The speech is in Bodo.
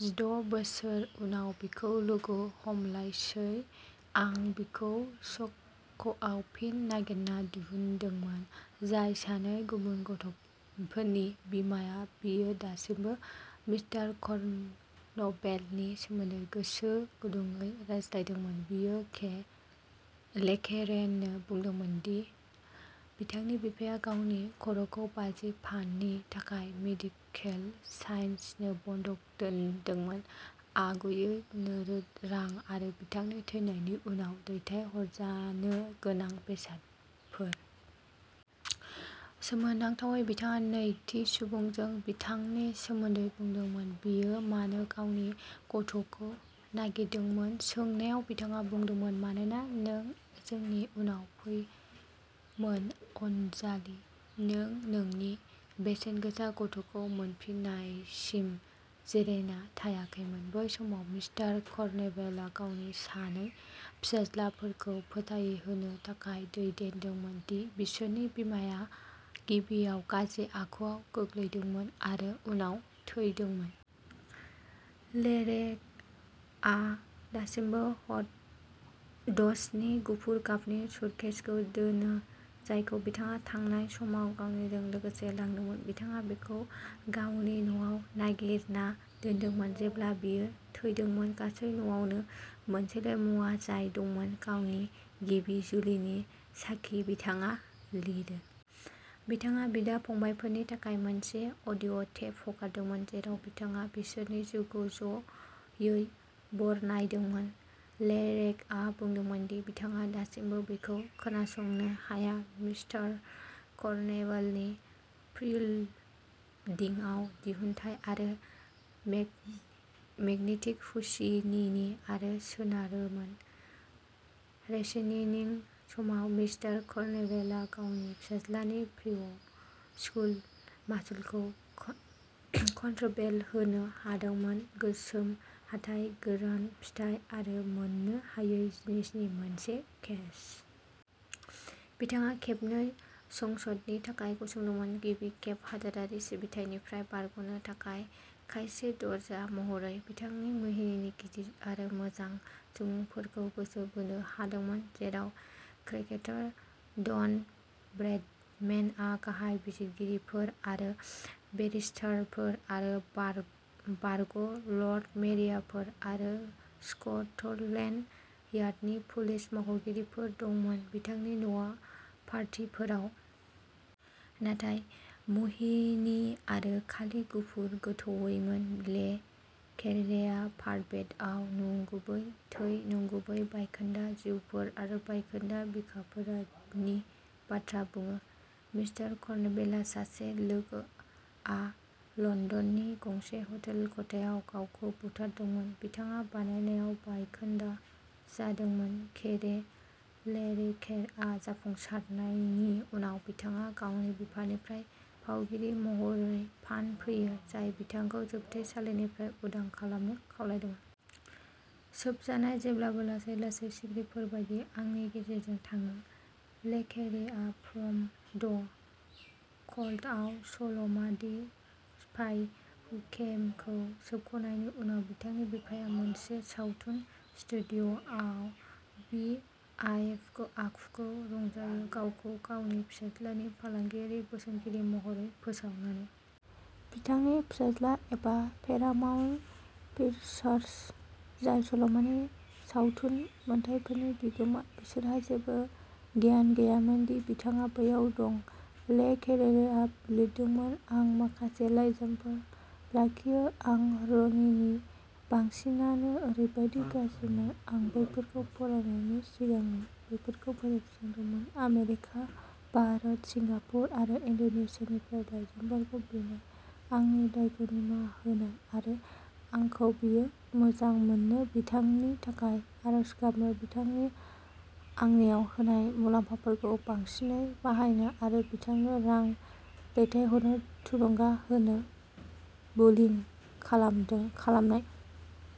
जिद' बोसोर उनाव बिखौ लोगो हमलायसै। आं बिखौ सफ'कआव फिन नागिरना दिहुनदोंमोन जाय सानै गुबुन गथ'फोरनि बिमा बियो दासिमबो मिस्टार कर्नवेलनि सोमोन्दै गोसो गुदुंयै रायज्लायदोंमोन। बियो के ले केरेनो बुंदोंमोन दि बिथांनि बिफाया गावनि खर'खौ बाजि पाउन्दनि थाखाय मेडिकेल साइन्सनो बन्धक दोन्दोंमोन आगुयै नोगोद रां आरो बिथांनि थैनायनि उनाव दैथायहरजानो गोनां बेसादफोर। सोमोनांथावै बिथाङा नैथि सुबुंजों बिथांनि सोमोन्दै बुंदोंमोन। बियो मानो गावनि गथ'खौ नागारदोंमोन सोंनायाव बिथाङा बुंदोंमोन मानोना नों जोंनि उनाव फैयोमोन अनजालि। नों नोंनि बेसेनगोसा गथ'खौ मोनफिन्नायसिम जिरायना थायामोन। बे समाव मिस्टार कर्नवेलआ गावनि सानै फिसाज्लाफोरखौ फोथायहोनो थाखाय दैदेनदोंमोन दि बिसोरनि बिमाया गिबियाव गाज्रि आखुआव गोग्लैदोंमोन आरो उनाव थैदोंमोन। लेरेआ दासिमबो हार'डसनि गुफुर गाबनि सुटकेसखौ दोनो जायखौ बिथाङा थांनाय समाव गावनि लोगोसे लादोंमोन। बिथाङा बेखौ गावनि न'आव नागिरना मोनदोंमोन जेब्ला बियो थैदोंमोन। गासै न'आव मोनसेल'मुवा जाय दंमोन। गावनि गिबि जुलिनि साखि बिथाङा लिरो। बिथाङा बिदा फंबायफोरनि थाखाय मोनसे अडिअ'टेप हगारदोंमोन जेराव बिथाङा बिसोरनि जिउखौ ज'यै बरनायदोंमोन। लेरेआ बुङो दि बिथाङा दासिमबो बेखौ खोनासंनो हाया। मिस्टर कर्नवेलनि फ्रील'डिंआ दिहुनथाइ आरो मेग-मेगनेटिक खुसिनिनि आरो सोनारोमोन। रेशनिंनि समाव मिस्टर कर्नवेलआ गावनि फिसाज्लानि प्रिप स्कूलनि मासुलखौ क-कन्ट्राबेन्डआव होनो हादोंमोन गोसोम हाथाइ गोरान फिथाइ आरो मोननो हायै जिननि मोनसे केस। बिथाङा खेबनै संसदनि थाखाय गसंदोंमोन गिबि खेब हादोरारि सिबिथाइनिफ्राय बारग'नो थाखाय सासे द'ज महरै। बिथांनि मुहिनिआ गिदिर आरो मोजां सुबुंफोरखौ गोसो बोनो हादोंमोन जेराव क्रिकेटर डन ब्रैडमेन गाहाय बिजिरगिरिफोर आरो बेरिस्टारफोर बार-बारग'लर्ड मेयरफोर आरो स्क'टलेन्ड यार्डनि पुलिस मावख'गिरिफोर दंमोन बिथांनि न'आव पार्टीफोराव। नाथाय मुहिनि आरो खालि बिगुर गोथौमोन। ले केरेया कार्पेटआव नंगुबै थै नंगुबै बायखोन्दा जिउफोर आरो बायखोन्दा बिखाफोर नि बाथ्रा बुङो। मिस्टर कर्नवेलनि सासे लोगोआ लन्दननि गंसे हटेल खथायाव गावखौ बुथारदोंमोन। बिथाङा बानायनायाव बायखोन्दा जादोंमोन केरे ले केरेआ जाफुंसार जानायनि उनाव बिथाङा गावनि बिफानिफ्राय फावगिरि महरै फन फैयो जाय बिथांखौ जोबथेसालिनिफ्राय उदां खालामनो खावलायदोंमोन। सोबजानाय जेब्लाबो लासै लासै सिख्रिफोर बायदि आंनि गेजेरजों थाङो। ले केरेआ फ्रम द क'ल्डआव सल'मा दि स्पाइ हु केमखौ सोबखनायनि उनाव बिथांनि बिफाया मोनसे सावथुन स्टुडिय'आव भि आइ पि आखुखौ रंजायो गावखौ गावनि फिसाज्लानि फालांगियारि बोसोनगिरि महरै फोसावनानै। बिथांनि फिसाज्ला एबा पेरामाउन्ट पिक्चार्स जाय सल'मानि सावथुन मोनथायफोरनि बिगोमा बिसोरहा जेबो गियान गैयामोन दि बिथाङा बैयाव दं। ले केरेआ लिरदों आं माखासे लाइजामफोर लाखियो आरो र'नीनि बांसिनानो ओरैबादि गाज्रिमोन आं बेफोरखौ फरायनायनि सिगांनो बेफोरखौ फोजोबस्रांदोंमोन आमेरिका भारत सिंगापुर आरो इन्ड'नेसियानिफ्राय लाइजामफोर बिनाय आंनि दायफोरखौ निमाहा होनाय आरो आंखौ बिखौ मोजां मोननो बिथांनि थाखाय आरज गाबनो बिथाङा आंनाव होनाय मुलाम्फाखौ साबसिनै बाहायनो आरो बिथांनो रां दैथायहरनो थुलुंगा होनाय बुलिं खालामदों खालामनाय।